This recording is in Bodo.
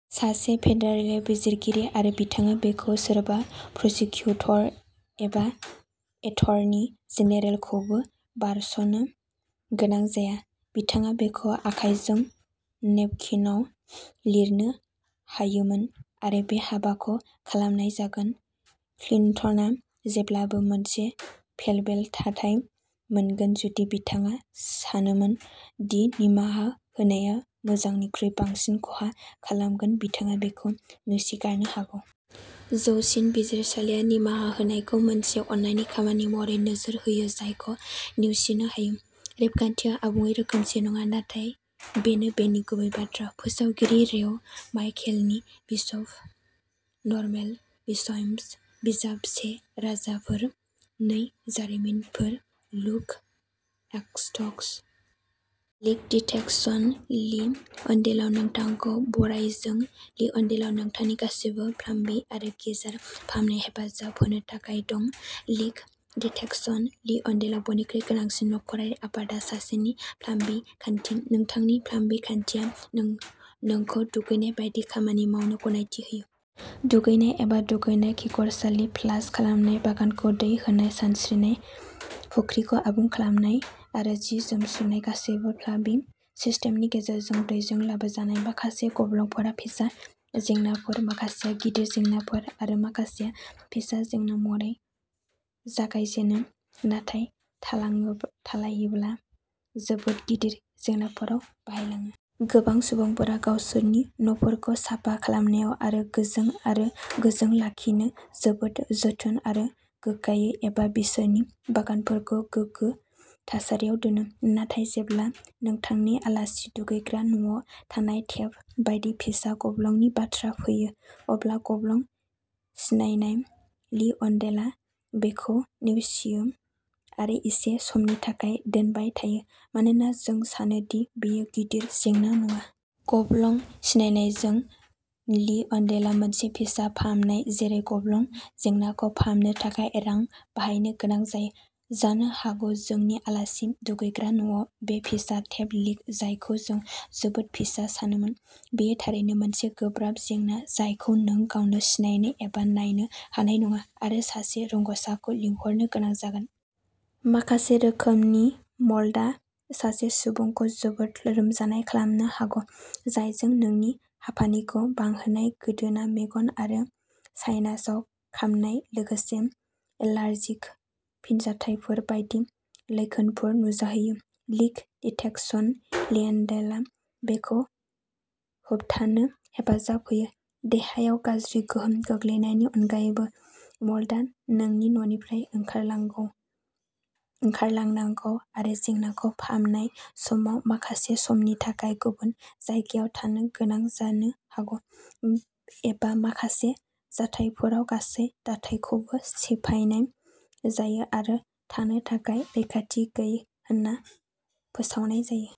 सासे फेडारेल बिजिरगिरि आरो बिथाङा बेखौ सोरबा प्रसिकिउटर एबा एटर्नी जेनेरेलखौबो बारस'नो गोनां जाया। बिथाङा बेखौ आखायजों नेपकिनआव लिरनो हायोमोन, आरो बे हाबाखौ खालामनाय जागोन। क्लिन्टना जेब्लाबो मोनसे फेलबेक थाथाय मोनगोन जुदि बिथाङा सानोमोन दि निमाहा होनाया मोजांनिख्रुइ बांसिन खहा खालामगोन बिथाङा बेखौ नेवसिगारनो हागौ। जौसिन बिजिरसालिया निमाहा होनायखौ मोनसे अननायनि खामानि महरै नोजोर होयो जायखौ नेवसिनो हायो। रेबगान्थिया आबुङै रोखोमसे नङा, नाथाय बेनो बेनि गुबै बाथ्रा। फोसावगिरि रेव माइकेल लि, बिशप नरमेल विलियम्स। बिजाब से राजाफोर, नै जारिमिनफोर, लुक, एक्टस। लिक डिटेक्शन लिअन्डेलाव नोंखौ बराय, जों लिअन्डेलाव नोंथांनि गासैबो प्लाम्बिं आरो गिजार फाहामनायाव हेफाजाब होनो थाखाय दं। लिक डिटेक्शन लिअन्डेलाव बयनिख्रुइबो गोनांसिन नखरारि आफादआ सासेनि प्लाम्बिं खान्थि। नोंथांनि प्लाम्बिं खान्थिया नोंखौ दुगैनाय बायदि खामानि मावनो गनायथि होयो। दुगैनाय एबा दुगैनाय, खिखरसालि फ्लास खालामनाय, बागानखौ दै होनाय, सानस्रिनाय फुख्रिखौ आबुं खालामनाय आरो जि-जोम सुनाय, गासैबो प्लाम्बिं सिस्टेमनि गेजेरजों दैजों लाबोजानाय। माखासे गब्लंफोरा फिसा जेंनाफोर, माखासेआ गिदिर जेंनाफोर, आरो माखासेया फिसा जेंना महरै जागायजेनो नाथाय थालायोब्ला जोबोद गिदिर जेंनाफोराव बारायलाङो। गोबां सुबुंफोरा गावसोरनि न'फोरखौ साफा खालामनायाव आरो गोजों आरो गोजों लाखिनो जोबोद जोथोन आरो गोग्गायो, एबा बिसोरनि बागानफोरखौ गोगो थासारियाव दोनो, नाथाय जेब्ला नोंथांनि आलासि दुगैग्रा न'आव थानाय टेप बायदि फिसा गब्लंनि बाथ्रा फैयो, अब्ला गब्लं सिनायनाय लिअन्डेलआ बेखौ नेवसियो आरो इसे समनि थाखाय दोनबाय थायो मानोना जों सानो दि बेयो गिदिर जेंना नङा। गब्लं सिनायनायजों लिअन्डेलआ मोनसे फिसा फाहामनाय जेरै गब्लं जेंनाखौ फाहामनो थाखाय रां बाहायनो गोनां जायो। जानो हागौ जोंनि आलासि दुगैग्रा न'आव बे फिसा टेप लिक, जायखौ जों जोबोद फिसा सानोमोन, बेयो थारैनो मोनसे गोब्राब जेंना जायखौ नों गावनो सिनायनो एबा नायनो हानाय नङा, आरो सासे रोंग'सारखौ लिंहरनो गोनां जागोन। माखासे रोखोमनि मोल्डआ सासे सुबुंखौ जोबोद लोमजानाय खालामनो हागौ, जायजों नोंनि हापानिखौ बांहोनाय, गोदोना, मेगन आरो साइनासआव खामनाय, लोगोसे एलार्जिक फिनजाथायफोर बायदि लैखोनफोर नुजाहोयो, लिक डिटेक्शन लियोनडेलआ बेखौ होबथानो हेफाजाब होयो। देहायाव गाज्रि गोहोम गोग्लैनायनि अनगायैबो, मोल्डआ नोंनि न'निफ्राय ओंखारलांनांगौ आरो जेंनाखौ फाहामनाय समाव माखासे समनि थाखाय गुबुन जायगायाव थानो गोनां जानो हागौ, एबा माखासे जाथायफोराव गासै दाथाइखौबो सिफायनाय जायो आरो थानो थाखाय रैखाथि गैयै होनना फोसावनाय जायो।